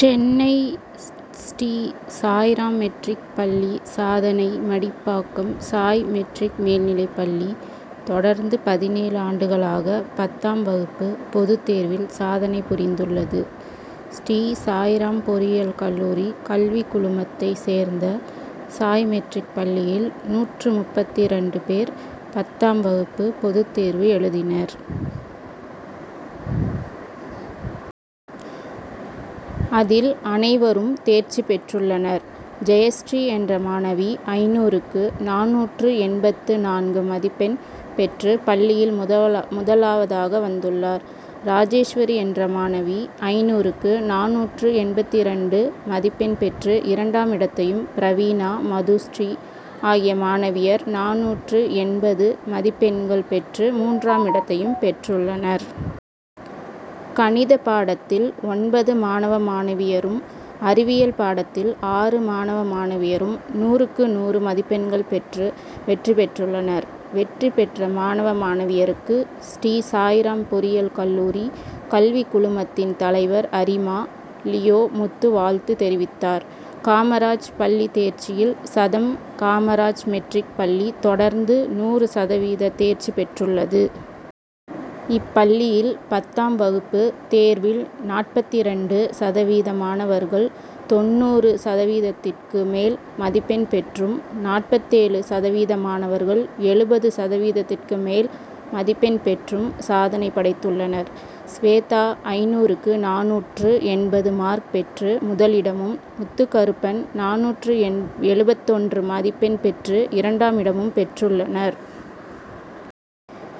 Chennai Sri Sai Ram matric பள்ளி சாதனை Madipakkam Sai matric மேல்நிலைப்பள்ளி, தொடர்ந்து பதினேழு ஆண்டுகளாக பத்தாம் வகுப்பு பொதுத் தேர்வில் சாதனை புரிந்துள்ளது. ஸ்ரீ சாய்ராம் பொறியியல் கல்லூரி கல்விக் குழுமத்தை சேர்ந்த சாய் மெட்ரிக் பள்ளியில், நூற்று முப்பத்திரண்டு பேர் பத்தாம் வகுப்பு பொதுத் தேர்வு எழுதினர். அதில் அனைவரும் தேர்ச்சி பெற்றுள்ளனர். ஜெயஸ்ரீ என்ற மாணவி ஐந்நூறுக்கு நானூற்று எண்பத்து நான்கு மதிப்பெண் பெற்று பள்ளியில் முதலாவதாக வந்துள்ளார். ராஜேஸ்வரி என்ற மாணவி ஐந்நூறுக்கு நானூற்று எண்பத்திரண்டு மதிப்பெண் பெற்று இரண்டாம் இடத்தையும், பிரவீனா, மதுஸ்ரீ ஆகிய மாணவியர் நானூற்று எண்பது மதிப் பெண்கள் பெற்று மூன்றாம் இடத்தையும் பெற்றுள்ளனர். கணித பாடத்தில் ஒன்பது மாணவ மாணவியரும், அறிவியல் பாடத்தில் ஆறு மாணவ மாணவியரும் நூறுக்கு நூறு மதிப்பெண்கள் பெற்று வெற்றி பெற்றுள்ளனர். வெற்றி பெற்ற மாணவ, மாணவியருக்கு, ஸ்ரீ சாய்ராம் பொறியியல் கல்லூரி கல்விக் குழுமத்தின் தலைவர் அரிமா. லியோ முத்து வாழ்த்து தெரிவித்தார். காமராஜ் பள்ளி தேர்ச்சியில் சதம் காமராஜ் மெட்ரிக் பள்ளி தொடர்ந்து நூறு சதவீத தேர்ச்சி பெற்றுள்ளது. இப்பள்ளியில் பத்தாம் வகுப்பு தேர்வில் நாற்பத்திரண்டு சதவீத மாணவர்கள் தொண்ணூறு சதவீதத்திற்கு மேல் மதிப்பெண் பெற்றும், நாற்பத்தேழு சதவீத மாணவர்கள் எழுபது சதவீதத்திற்கு மேல் மதிப்பெண் பெற்றும் சாதனை படைத்துள்ளனர். ஸ்வேதா ஐந்நூறுக்கு நானூற்று எண்பது மார்க் பெற்று முதலிடமும், முத்துகருப்பன் நானூற்று எழுபத்தொன்று மதிப்பெண் பெற்று இரண்டாம் இடமும் பெற்றுள்ளனர்.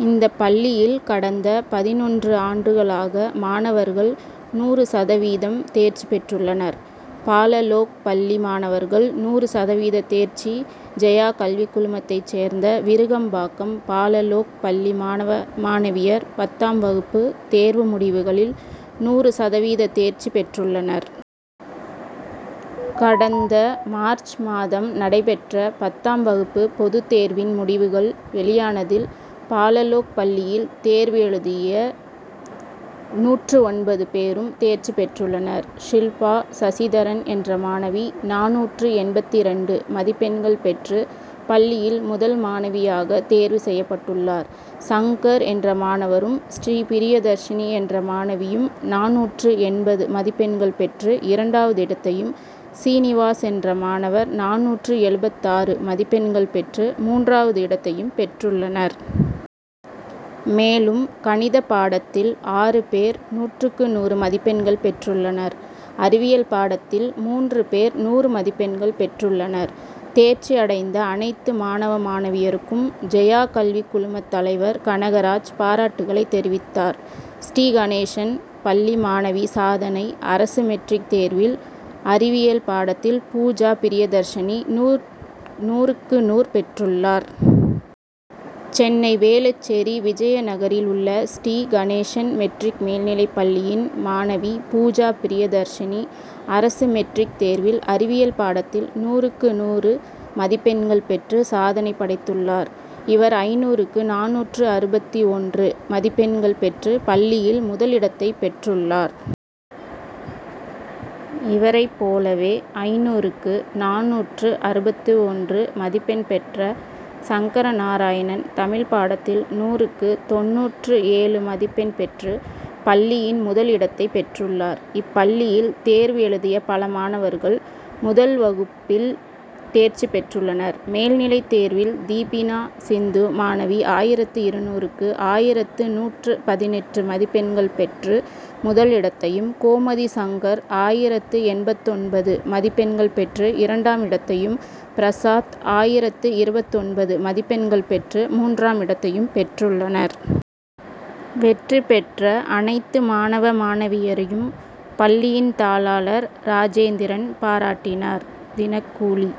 இந்த பள்ளியில் கடந்த பதினொன்று ஆண்டுகளாக மாணவர்கள் நூறு சதவீதம் தேர்ச்சி பெற்றுள்ளனர். பாலலோக் பள்ளி மாணவர்கள் நூறு சதவீத தேர்ச்சி ஜெயா கல்விக் குழுமத்தைச் சேர்ந்த விருகம்பாக்கம் பாலலோக் பள்ளி மாணவ, மாணவியர் பத்தாம் வகுப்பு தேர்வு முடிவுகளில் நூறு சதவீத தேர்ச்சி பெற்றுள்ளனர். கடந்த மார்ச் மாதம் நடைபெற்ற பத்தாம் வகுப்பு பொதுத் தேர்வின் முடிவுகள் வெளியானதில், பாலலோக் பள்ளியில் தேர்வு எழுதிய நூற்று ஒன்பது பேரும் தேர்ச்சி பெற்றுள்ளனர். ஷில்பா சசிதரன் என்ற மாணவி நானூற்று எண்பத்திரண்டு மதிப்பெண்கள் பெற்று, பள்ளியில் முதல் மாணவியாக தேர்வு செய்யப்பட்டுள்ளார். சங்கர் என்ற மாணவரும், ஸ்ரீபிரியதர்ஷினி என்ற மாணவியும் நானூற்று எண்பது மதிப்பெண்கள் பெற்று இரண்டாவது இடத்தையும், சீனிவாஸ் என்ற மாணவர் நானூற்று எழுபத்தாறு மதிப்பெண்கள் பெற்று மூன்றாவது இடத்தையும் பெற்றுள்ளனர். மேலும், கணிதப் பாடத்தில் ஆறு பேர் நூற்றுக்கு நூறு மதிப்பெண்கள் பெற்றுள்ளனர். அறிவியல் பாடத்தில் மூன்று பேர் நூறு மதிப்பெண்கள் பெற்றுள்ளனர். தேர்ச்சி அடைந்த அனைத்து மாணவ, மாணவியருக்கும், ஜெயா கல்விக் குழுமத் தலைவர் கனகராஜ் பாராட்டுகளை தெரிவித்தார். ஸ்ரீகணேசன் பள்ளி மாணவி சாதனை அரசு மெட்ரிக் தேர்வில் அறிவியல் பாடத்தில் பூஜா பிரியதர்ஷினி நூறுக்கு நூறு பெற்றுள்ளார். சென்னை வேளச்சேரி, விஜயநகரில் உள்ள ஸ்ரீ கணேசன் மெட்ரிக் மேல்நிலைப் பள்ளியின் மாணவி பூஜா பிரியதர்ஷினி, அரசு மெட்ரிக் தேர்வில் அறிவியல் பாடத்தில் நூறுக்கு நூறு மதிப்பெண்கள் பெற்று சாதனை படைத்துள் ளார். இவர் ஐந்நூறுக்கு நானூற்று அறுபத்து ஒன்று மதிப் பெண்கள் பெற்று பள்ளியில் முதல் இடத்தைப் பெற்றுள்ளார். இவரைப் போலவே, ஐந்நூறுக்கு நானூற்று அறுபத்து ஒன்று மதிப்பெண் பெற்ற சங்கர நாராயணன், தமிழ் பாடத்தில் நூறுக்கு தொண்ணூற்று ஏழு மதிப் பெண் பெற்று பள்ளியின் முதல் இடத்தைப் பெற்றுள்ளார். இப்பள்ளியில் தேர்வு எழுதிய பல மாணவர்கள் முதல் வகுப்பில் தேர்ச்சி பெற்றுள் ளனர். மேல்நிலைத் தேர்வில் தீபினா சிந்து மாணவி ஆயிரத்து இருநூறுக்கு ஆயிரத்து நூற்று பதினெட்டு மதிப்பெண்கள் பெற்று முதல் இடத்தையும், கோமதி சங்கர் ஆயிரத்து எண்பத்தொன்பது மதிப்பெண்கள் பெற்று இரண்டாம் இடத்தையும், பிரசாத் ஆயிரத்து இருபத்தொன்பது மதிப்பெண்கள் பெற்று மூன்றாம் இடத்தையும் பெற்றுள்ளனர். வெற்றி பெற்ற அனைத்து மாணவ, மாணவியரையும் பள்ளியின் தாளாளர் ராஜேந்திரன் பாராட்டினார். தினக்கூலி,